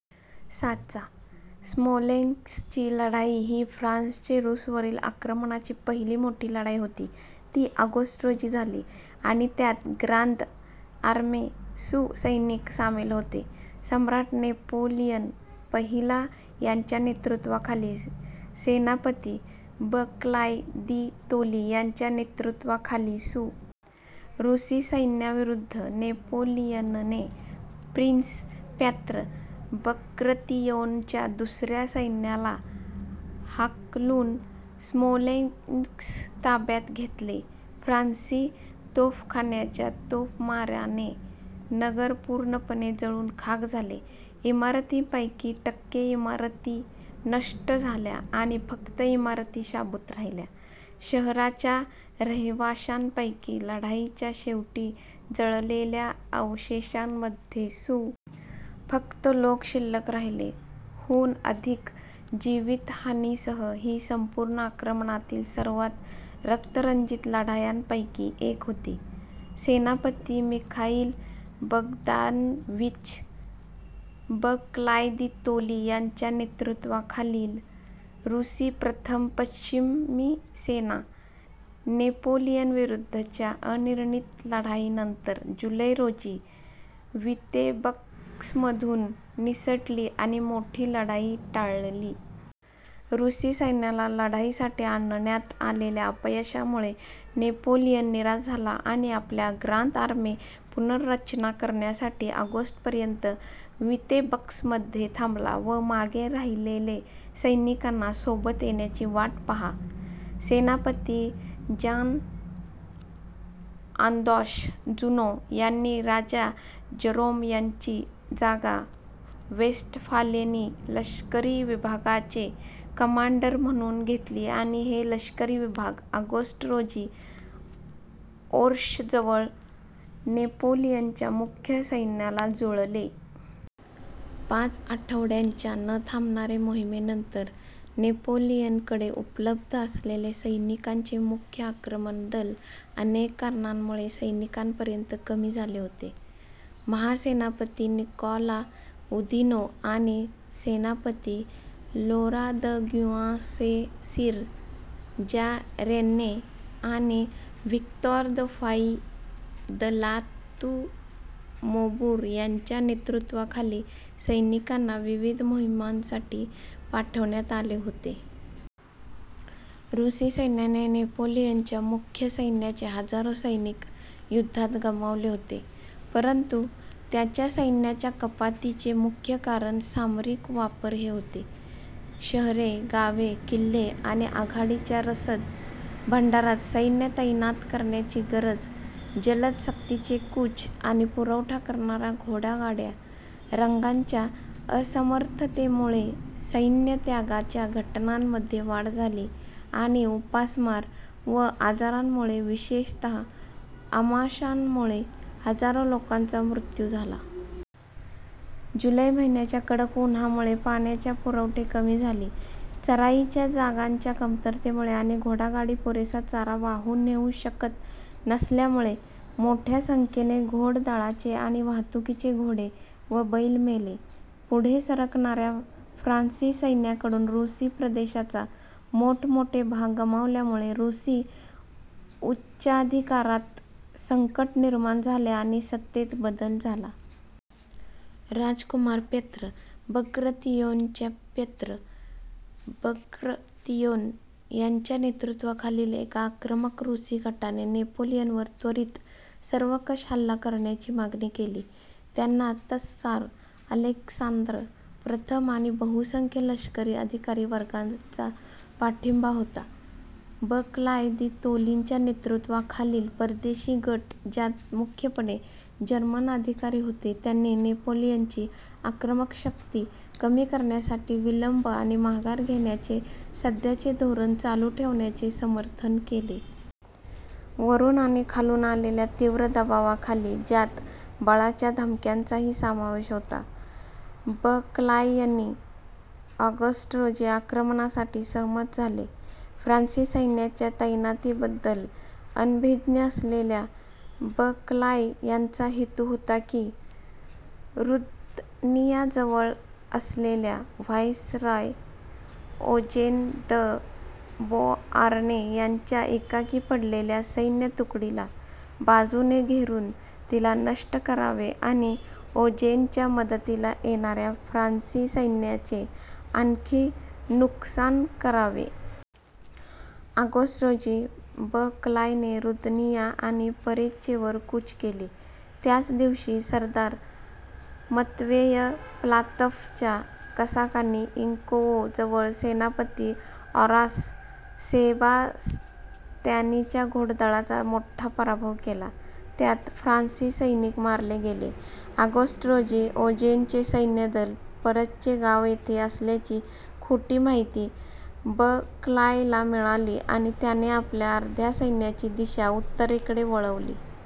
साचा: स्मोलेन्स्कची लढाई ही फ्रान्सचे रूसवरील आक्रमणाची पहिली मोठी लढाई होती. ती - ऑगस्ट रोजी झाली आणि त्यात ग्रांद आर्मे सु. सैनिक सामील होते. सम्राट नेपोलियन पहिला यांच्या नेतृत्वाखाली सेनापती बर्क्लाय दि तोली यांच्या नेतृत्वाखालील सु. रूसी सैन्याविरुद्ध. नेपोलियनने प्रिन्स प्यत्र बग्रतियोनच्या दुसऱ्या सैन्याला हाकलून स्मोलेन्स्क ताब्यात घेतले. फ्रान्सी तोफखान्याच्या तोफमाराने नगर पूर्णपणे जळून खाक झाले. इमारतींपैकी टक्के इमारती नष्ट झाल्या आणि फक्त इमारती शाबूत राहिल्या. शहराच्या रहिवाशांपैकी, लढाईच्या शेवटी जळलेल्या अवशेषांमध्ये सु. फक्त लोक शिल्लक राहिले., हून अधिक जीवितहानीसह, ही संपूर्ण आक्रमणातील सर्वात रक्तरंजित लढायांपैकी एक होती. सेनापती मिखाईल बगदानव्यिच बर्क्लाय दि तोली यांच्या नेतृत्वाखालील रूसी प्रथम पश्चिमी सेना, नेपोलियनविरुद्धच्या अनिर्णित लढाईनंतर जुलै रोजी वितेब्स्कमधून निसटली आणि मोठी लढाई टाळली. रूसी सैन्याला लढाईसाठी आणण्यात आलेल्या अपयशामुळे नेपोलियन निराश झाला आणि आपल्या ग्रांद आर्मे पुनर्रचना करण्यासाठी ऑगस्टपर्यंत वितेब्स्कमध्येच थांबला व मागे राहिलेले सैनिकांना सोबत येण्याची वाट पहा. सेनापती जांन-आंदॉश जुनो यांनी राजा जरोम यांची जागा वेस्टफालेनी लष्करी विभागांचे कमांडर म्हणून घेतली आणि हे लष्करी विभाग ऑगस्ट रोजी ओर्षजवळ नेपोलियनच्या मुख्य सैन्याला जुळले. पाच आठवड्यांच्या न-थांबणारे मोहिमांनंतर, नेपोलियनकडे उपलब्ध असलेले सैनिकांचे मुख्य आक्रमण दल अनेक कारणांमुळे सैनिकांपर्यंत कमी झाले होते. महासेनापती निकॉला उदिनो आणि सेनापती लोरां द गुव्याँ सें-सीर, जां रेन्ये आणि Victor de Fay de La Tour Maubourg यांच्या नेतृत्वाखालील सैनिकांना विविध मोहिमांसाठी पाठवण्यात आले होते. रूसी सैन्याने नेपोलियनच्या मुख्य सैन्याचे हजारो सैनिक युद्धात गमावले होते, परंतु त्याच्या सैन्याच्या कपातीचे मुख्य कारण सामरिक वापर हे होते शहरे, गावे, किल्ले आणि आघाडीच्या रसद भांडारात सैन्य तैनात करण्याची गरज. जलद सक्तीचे कूच आणि पुरवठा करणाऱ्या घोडागाड्या रांगांच्या असमर्थतेमुळे सैन्यत्यागाच्या घटनांमध्ये वाढ झाली आणि उपासमार व आजारांमुळे, विशेषतः आमांशामुळे, हजारो लोकांचा मृत्यू झाला. जुलै महिन्याच्या कडक उन्हामुळे पाण्याच्या पुरवठे कमी झाली. चराईच्या जागांच्या कमतरतेमुळे आणि घोडागाडी पुरेसा चारा वाहून नेऊ शकत नसल्यामुळे मोठ्या संख्येने घोडदळाचे आणि वाहतुकीचे घोडे व बैल मेले. पुढे सरकणाऱ्या फ्रांसी सैन्याकडून रूसी प्रदेशाचा मोठमोठे भाग गमावल्यामुळे रूसी उच्चाधिकारात संकट निर्माण झाले आणि सत्तेत बदल झाला. राजकुमार प्यत्र बग्रतियोनच्याप्यत्र बग्रतियोन यांच्या नेतृत्वाखालील एका आक्रमक "रूसी" गटाने नेपोलियनवर त्वरित, सर्वंकष हल्ला करण्याची मागणी केली. त्यांना त्सार अलेक्सांद्र प्रथम आणि बहुसंख्य लष्करी अधिकारी वर्गाचा पाठिंबा होता. बर्क्लाय दि तोलींच्या नेतृत्वाखालील "परदेशी" गट, ज्यात मुख्यपणे जर्मन अधिकारी होते, त्यांनी नेपोलियनची आक्रमक शक्ती कमी करण्यासाठी विलंब आणि माघार घेण्याचे सध्याचे धोरण चालू ठेवण्याचे समर्थन केले. वरून आणि खालून आलेल्या तीव्र दबावाखाली, ज्यात बळाच्या धमक्यांचाही समावेश होता, बर्क्लायनी ऑगस्ट रोजी आक्रमणासाठी सहमत झाले. फ्रान्सी सैन्याच्या तैनातीबद्दल अनभिज्ञ असलेल्या बर्क्लाय यांचा हेतू होता की, रुद्नियाजवळ असलेल्या व्हाइसरॉय ओजेन द बोआर्ने यांच्या एकाकी पडलेल्या सैन्य तुकडीला बाजूने घेरून, तिला नष्ट करावे आणि ओजेनच्या मदतीला येणाऱ्या फ्रांसी सैन्याचे आणखी नुकसान करावे. ऑगस्ट रोजी बर्क्लायने रुद्निया आणि परेच्येवर कूच केली. त्याच दिवशी, सरदार मत्वेय प्लातफच्या कसाकांनी इंकोवो जवळ सेनापती ऑरास सेबास्त्यानीच्या घोडदळाचा मोठा पराभव केला, ज्यात फ्रांसी सैनिक मारले गेले. ऑगस्ट रोजी, ओजेनचे सैन्यदल परच्ये गाव येथे असल्याची खोटी माहिती बर्क्लायला मिळाली आणि त्याने आपल्या अर्ध्या सैन्याची दिशा उत्तरेकडे वळवली.